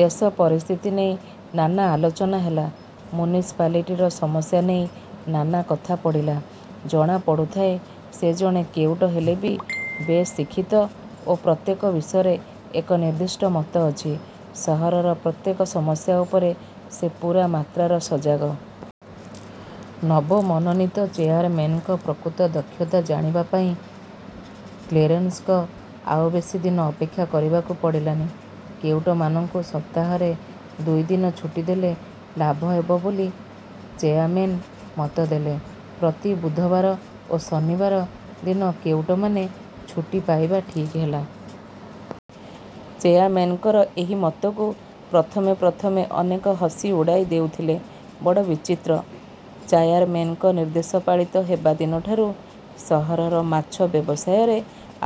ଦେଶ ପରିସ୍ଥିତି ନେଇ ନାନା ଆଲୋଚନା ହେଲା। ମ୍ୟୁନିସିପାଲିଟିର ସମସ୍ୟା ନେଇ ନାନା କଥା ପଡ଼ିଲା। ଜଣା ପଡ଼ୁଥାଏ, ସେ ଜଣେ କେଉଟ ହେଲେ ବି ବେଶ୍ ଶିକ୍ଷିତ ଓ ପ୍ରତ୍ୟେକ ବିଷୟରେ ଏକନିର୍ଦ୍ଧିଷ୍ଟ ମତ ଅଛି। ସହରର ପ୍ରତ୍ୟେକ ସମସ୍ୟା ଉପରେ ସେ ପୂରା ମାତ୍ରାର ସଜାଗ। ନବ ମନୋନୀତ ଚେୟାରମେନଙ୍କ ପ୍ରକୃତ ଦକ୍ଷତା ଜାଣିବା ପାଇଁ କ୍ଳେରେନ୍ସଙ୍କୁ ଆଉ ବେଶି ଦିନ ଅପେକ୍ଷା କରିବାକୁ ପଡ଼ିଲାନି। କେଉଟମାନଙ୍କୁ ସପ୍ତାହରେ ଦୁଇ ଦିନ ଛୁଟିଦେଲେ ଲାଭ ହେବ ବୋଲି ଚେୟାମେନ ମତ ଦେଲେ। ପ୍ରତି ବୁଧବାର ଓ ଶନିବାର ଦିନ କେଉଟମାନେ ଛୁଟି ପାଇବା ଠିକ୍ ହେଲା। ଚେୟାମେନଙ୍କର ଏହି ମତକୁ ପ୍ରଥମେ ପ୍ରଥମେ ଅନେକେ ହସି ଉଡ଼ାଇ ଦେଉଥିଲେ। ବଡ଼ବିଚିନ୍ତ୍ର। ଚାୟାରମେନଙ୍କ ନିର୍ଦ୍ଦେଶ ପାଳିତ ହେବାଦିନଠାରୁ ସହରର ମାଛ ବ୍ୟବସାୟରେ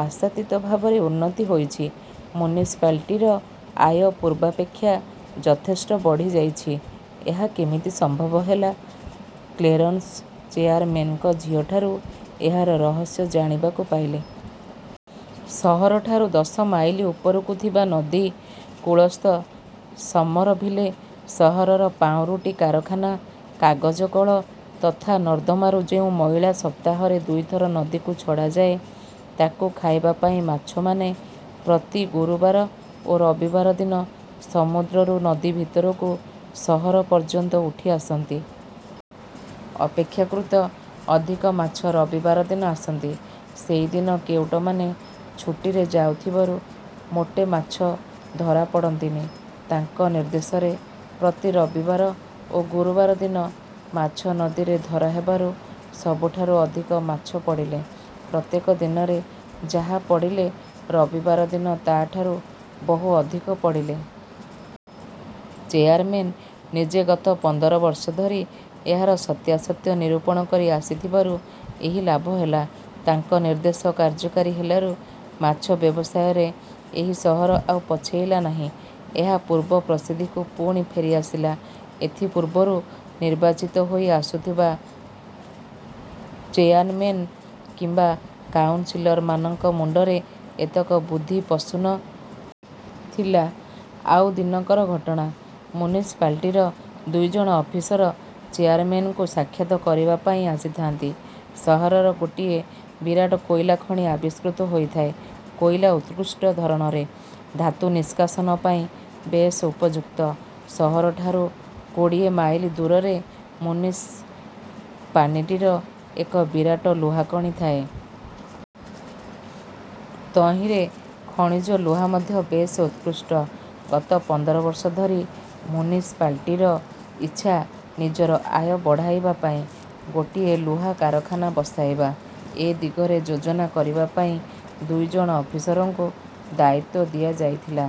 ଆଶାତୀତ ଭାବରେ ଉନ୍ନତି ହୋଇଛି। ମ୍ୟୁନିସିପାଲିଟିର ଆୟ ପୂର୍ବାପେକ୍ଷା ଯଥେଷ୍ଟ ବଢ଼ିଯାଇଛି। ଏହା କେମିତି ସମ୍ଭବ ହେଲା କ୍ଳେରନ୍ସ ଚେୟାରମେନଙ୍କ ଝିଅଠାରୁ ଏହାର ରହସ୍ୟ ଜାଣିବାକୁ ପାଇଲେ। ସହରଠାରୁ ଦଶମାଇଲ ଉପରକୁ ଥିବା ନଦୀ କୂଳସ୍ଥ ସମରଭୀଲେ ସହରର ପାଉଁରୁଟି କାରଖାନା, କାଗଜକଳ, ତଥା ନର୍ଦ୍ଦମାରୁ ଯେଉଁ ମଇଳା ସପ୍ତାହରେ ଦୁଇଥର ନଦୀକୁ ଛଡ଼ାଯାଏ, ତାକୁ ଖାଇବା ପାଇଁ ମାଛମାନେ ପ୍ରତି ଗୁରୁବାର ଓ ରବିବାର ଦିନ ସମୁଦ୍ରରୁ ନଦୀଭିତରକୁ ସହର ପର୍ଯ୍ୟନ୍ତ ଉଠି ଆସନ୍ତି। ଅପେକ୍ଷାକୃତ ଅଧିକ ମାଛ ରବିବାର ଦିନ ଆସନ୍ତି। ସେଇ ଦିନ କେଉଟମାନେ ଛୁଟିରେ ଯାଉଥିବାରୁ ମୋଟେ ମାଛ ଧରା ପଡ଼ନ୍ତିନି। ତାଙ୍କନିର୍ଦ୍ଦେଶରେ ପ୍ରତି ରବିବାର ଓ ଗୁରୁବାର ଦିନ ମାଛ ନଦୀରେ ଧରା ହେବାରୁ ସବୁଠାରୁ ଅଧିକ ମାଛ ପଡ଼ିଲେ। ପ୍ରତ୍ୟେକ ଦିନରେ ଯାହା ପଡ଼ିଲେ ରବିବାର ଦିନ ତା'ଠାରୁ ବହୁ ଅଧିକ ପଡ଼ିଲେ। ଚେୟାରମେନ ନିଜେ ଗତ ପନ୍ଦର ବର୍ଷ ଧରି ଏହାର ସତ୍ୟାସତ୍ୟ ନିରୂପଣ କରି ଆସିଥିବାରୁ ଏହି ଲାଭ ହେଲା। ତାଙ୍କ ନିର୍ଦ୍ଦେଶ କାର୍ଯ୍ୟକାରୀ ହେଲାରୁ ମାଛ ବ୍ୟବସାୟରେ ଏହି ସହର ଆଉ ପଛେଇଲା ନାହିଁ। ଏହା ପୂର୍ବ ପ୍ରସିଦ୍ଧିକୁ ପୁଣି ଫେରି ଆସିଲା। ଏଥି ପୂର୍ବରୁ ନିର୍ବାଚିତ ହୋଇ ଆସୁଥିବା ଚେୟାନମେନ କିମ୍ବା କାଉନ ସିଲରମାନଙ୍କ ମୁଣ୍ଡରେ ଏତକ ବୁଦ୍ଧି ପଶୁ ନ। ଥିଲା। ଆଉ ଦିନକର ଘଟଣା। ମ୍ୟୁନିସିପାଲିଟିର ଦୁଇଜଣ ଅଫିସର ଚେୟାରମେନଙ୍କୁ ସାକ୍ଷାତ କରିବା ପାଇଁ ଆସିଥାନ୍ତି। ସହରର ଗୋଟିଏ ବିରାଟ କୋଇଲା ଖଣି ଆବିଷ୍କୃତ ହୋଇଥାଏ। କୋଇଲା ଉତ୍କୃଷ୍ଟ ଧରଣରେ। ଧାତୁନିଷ୍କାସନ ପାଇଁ ବେଶ ଉପଯୁକ୍ତ। ସହରଠାରୁ କୋଡିଏ ମାଇଲ ଦୂରରେ ମ୍ୟୁନିସିପାନିଟିର ଏକ ବିରାଟ ଲୁହାଖଣି ଥାଏ। ତହିଁରେ ଖଣିଜ ଲୁହା ମଧ୍ୟ ବେଶ ଉତ୍କୃଷ୍ଟ। ଗତ ପନ୍ଦର ବର୍ଷ ଧରି ମ୍ୟୁନିସିପାଲିଟିର ଇଚ୍ଛା ନିଜର ଆୟ ବଢ଼ାଇବା ପାଇଁ ଗୋଟିଏ ଲୁହା କାରଖାନା ବସାଇବା। ଏ ଦିଗରେ ଯୋଜନା କରିବା ପାଇଁ ଦୁଇ ଜଣ ଅଫିସରଙ୍କୁ ଦାୟିତ୍ୱ ଦିଆଯାଇଥିଲା।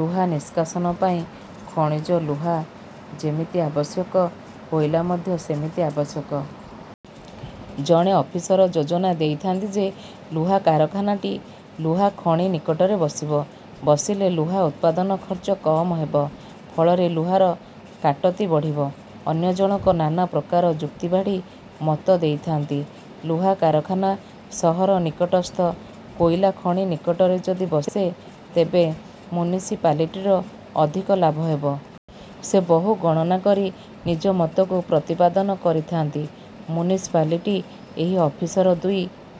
ଲୁହାନିଷ୍କାସନ ପାଇଁ ଖଣିଜ ଲୁହା ଯେମିତି ଆବଶ୍ୟକ, କୋଇଲା ମଧ୍ୟ ସେମିତି ଅବଶ୍ୟକ। ଜଣେ ଅଫିସର ଯୋଜନା ଦେଇଥାନ୍ତି ଯେ ଲୁହା କାରଖାନାଟି ଲୁହା ଖଣିନିକଟରେ ବସିବ। ବସିଲେ ଲୁହା ଉତ୍ପାଦନ ଖର୍ଚ୍ଚ କମ୍ ହେବ। ଫଳରେ ଲୁହାର କାଟତି ବଢ଼ିବ। ଅନ୍ୟ ଜଣକ ନାନା ପ୍ରକାର ଯୁକ୍ତିବାଢ଼ି ମତ ଦେଇଥାନ୍ତି, ଲୁହା କାରଖାନା, ସହରନିକଟସ୍ଥ କୋଇଲାଖଣିନିକଟରେ ଯଦି ବସେ ତେବେ ମ୍ୟୁନିସିପାଲିଟିର ଅଧିକ ଲାଭ ହେବ। ସେ ବହୁ ଗଣନା କରି ନିଜ ମତକୁ ପ୍ରତିପାଦନ କରିଥାନ୍ତି। ମ୍ୟୁନିସିପାଲିଟି ଏହି ଅଫିସର ଦୁଇ